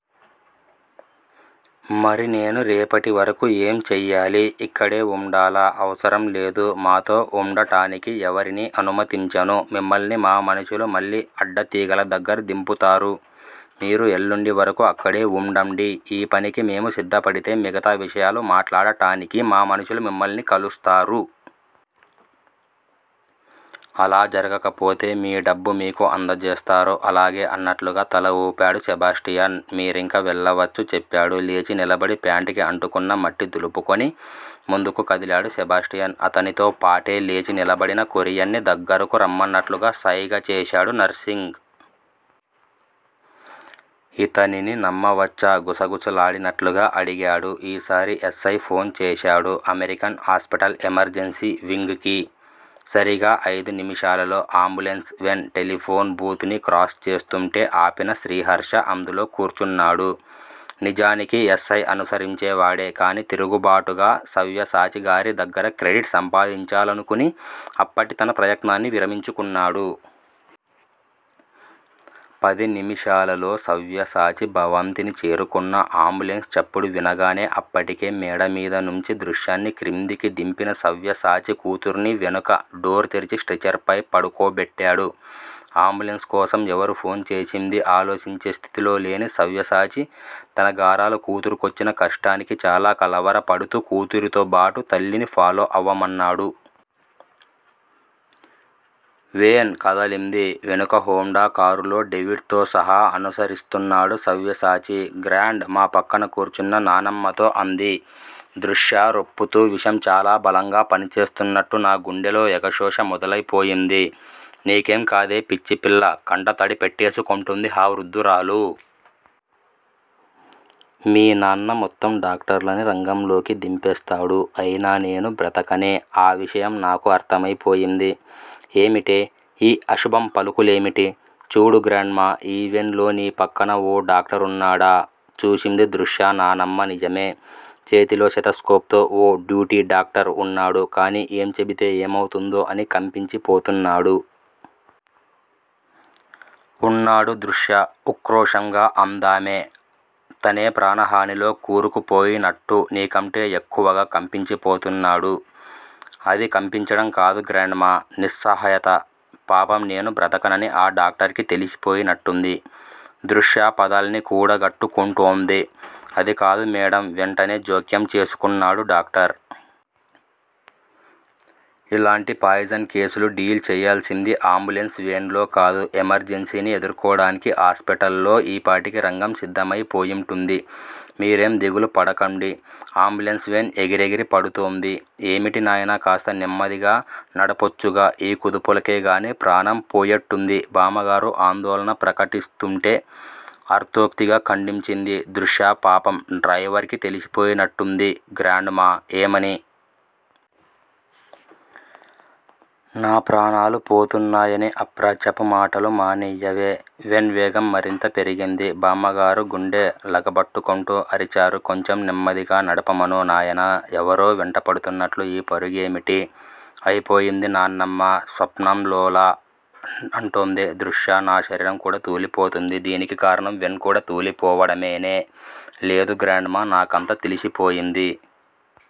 మరి నేను రేపటివరకు ఏం చెయ్యాలి? ఇక్కడే వుండాలా? అవసరం లేదు. మాతో వుండటానికి ఎవరినీ అనుమతించను. మిమ్మల్ని మా మనుషులు మళ్ళీ అడ్డతీగల దగ్గర దింపుతారు. మీరు ఎల్లుండి వరకు అక్కడే వుండండి. ఈ పనికి మేము సిద్ధపడితే మిగతా విషయాలు మాట్లాడటానికి మా మనుషులు మిమ్మల్ని కలుస్తారు. అలా జరగకపోతే మీ డబ్బు మీకు అందజేస్తారు. అలాగే అన్నట్లుగా తల వూపాడు సెబాస్టియన్. మీరింక వెళ్ళావచ్చు చెప్పాడు. లేచి నిలబడి ప్యాంట్ కి అంటుకున్న మట్టి దులుపుకొని ముందుకు కదిలాడు సెబాస్టియన్. అతనితో పాటే లేచి నిలబడిన కొరియన్ ని దగ్గరకు రమ్మన్నట్లుగా సైగ చేశాడు నర్సింగ్. ఇతనిని నమ్మవచ్చా? గుసగుసలాడినట్లుగా అడిగాడు. ఈసారి యస్సై ఫోన్ చేశాడు అమెరికన్ హాస్పటల్ ఎమర్జన్సీ వింగ్ కి. సరిగ్గా అయిదు నిమిషాలలో అంబులెన్స్ వేన్ టెలిఫోన్ బూత్ ని క్రాస్ చేస్తుంటే ఆపిన శ్రీహర్ష అందులో కూర్చున్నాడు నిజానికి యస్సై అనుసరించేవాడే కాని తిరుగుబాటుగా సవ్యసాచి గారి దగ్గర క్రెడిట్ సంపాదించాలనుకుని అప్పటి తన ప్రయత్నాన్ని విరమించుకున్నాడు. పది నిముషాలలో సవ్యసాచి భవంతిని చేరుకున్న అంబులెన్స్ చప్పుడు వినగానే అప్పటికే మేడమీదనుంచి దృశ్యని క్రిందికి దింపిన సవ్యసాచి కూతుర్ని వెనుక డోర్ తెరిచి స్ట్రెచర్ పై పడుకోబెట్టాడు. అంబులెన్స్ కోసం ఎవరు ఫోన్ చేసిందీ ఆలోచించే స్థితిలో లేని సవ్యసాచి తన గారాల కూతురికొచ్చిన కష్టానికి చాలా కలవరపడుతూ కూతురితోబాటు తల్లిని ఫాలో అవమన్నాడు. వేన్ కదలింది. వెనుక హోండా కారులో డేవిడ్ తో సహా అనుసరిస్తున్నాడు సవ్యసాచి. గ్రాండ్ మా పక్కన కూర్చున్న నానమ్మతో అంది దృశ్య రొప్పుతూ విషం చాలా బలంగా పనిచేస్తున్నట్టు నా గుండెలో ఎగశోష మొదలయిపోయింది. నీకేం కాదే పిచ్చిపిల్లా కంట తడిపెట్టేసుకుంటోంది ఆ వృద్ధురాలు. మీ నాన్న మొత్తం డాక్టర్లని రంగంలోకి దింపేస్తాడు అయినా నేను బ్రతకనే. ఆ విషయం నాకు అర్థమైపోయింది ఏమిటే. ఈ అశుభం పలుకులేమిటి? చూడు గ్రాండ్ మా ఈ వెన్ లో నీ పక్కన ఓ డాక్టరున్నాడా. చూసింది దృశ్య నానమ్మ నిజమే. చేతిలో స్టెతస్కోప్ తో ఓ డ్యూటీ డాక్టరు వున్నాడు కాని ఏం చెబితే ఏమవుతుందో అని కంపించిపోతున్నాడు. ఉన్నాడు దృశ్యా ఉక్రోషంగా అందామె. తనే ప్రాణహానిలో కూరుకుపోయినట్టు నీ కంటే యెక్కువగా కంపించిపోతున్నాడు. అది కంపించడం కాదు గ్రాండ్ మా నిస్సహాయత పాపం నేను బ్రతకనని ఆ డాక్టరుకీ తెలిసిపోయినట్టుంది. దృశ్య పదాల్ని కూడగట్టుకుంటోంది. అది కాదు మేడమ్ వెంటనే జోక్యం చేసుకున్నాడు డాక్టర్. ఇలాంటి పాయిజన్ కేసులు డీల్ చెయ్యాల్సింది అంబులెన్స్ వేన్ లో కాదు. ఎమర్జన్సీని ఎదుర్కోటానికి హాస్పటల్ లో ఈపాటికి రంగం సిద్ధమై పోయుంటుంది. మీరేం దిగులు పడకండి. అంబులెన్స్ వేన్ ఎగిరెగిరి పడుతూంది. ఏమిటి నాయనా కాస్త నెమ్మదిగా నడపొచ్చుగా. ఈ కుదుపులకే దాని ప్రాణం పోయేట్టుంది బామ్మగారు ఆందోళన ప్రకటిస్తుంటే అర్ధోక్తిగా ఖండించింది దృశ్య పాపం డ్రయివర్ కీ తెలిసిపోయినట్టుంది గ్రాండ్ మా ఏమని. నా ప్రాణాలు పోతున్నాయని. అప్రాచ్యపు మాటలు మానేయవే. వేన్ వేగం మరింతగా పెరిగింది. బామ్మగారు గుండె లుగబట్టుకుంటూ అరిచారు కొంచెం నెమ్మదిగా నడపమను నాయనా ఎవరో వెంటాడుతున్నట్టు ఈ పరుగేమిటి. అయిపోయింది నానమ్మా స్వప్నంలోలా అంటూంది దృశ్య నా శరీరం కూడా తూలిపోతూంది. దీనికి కారణం వేన్ కూడా తూలిపోవడమేనే లేదు గ్రాండ్ మా నాకంతా తెలిసిపోయింది.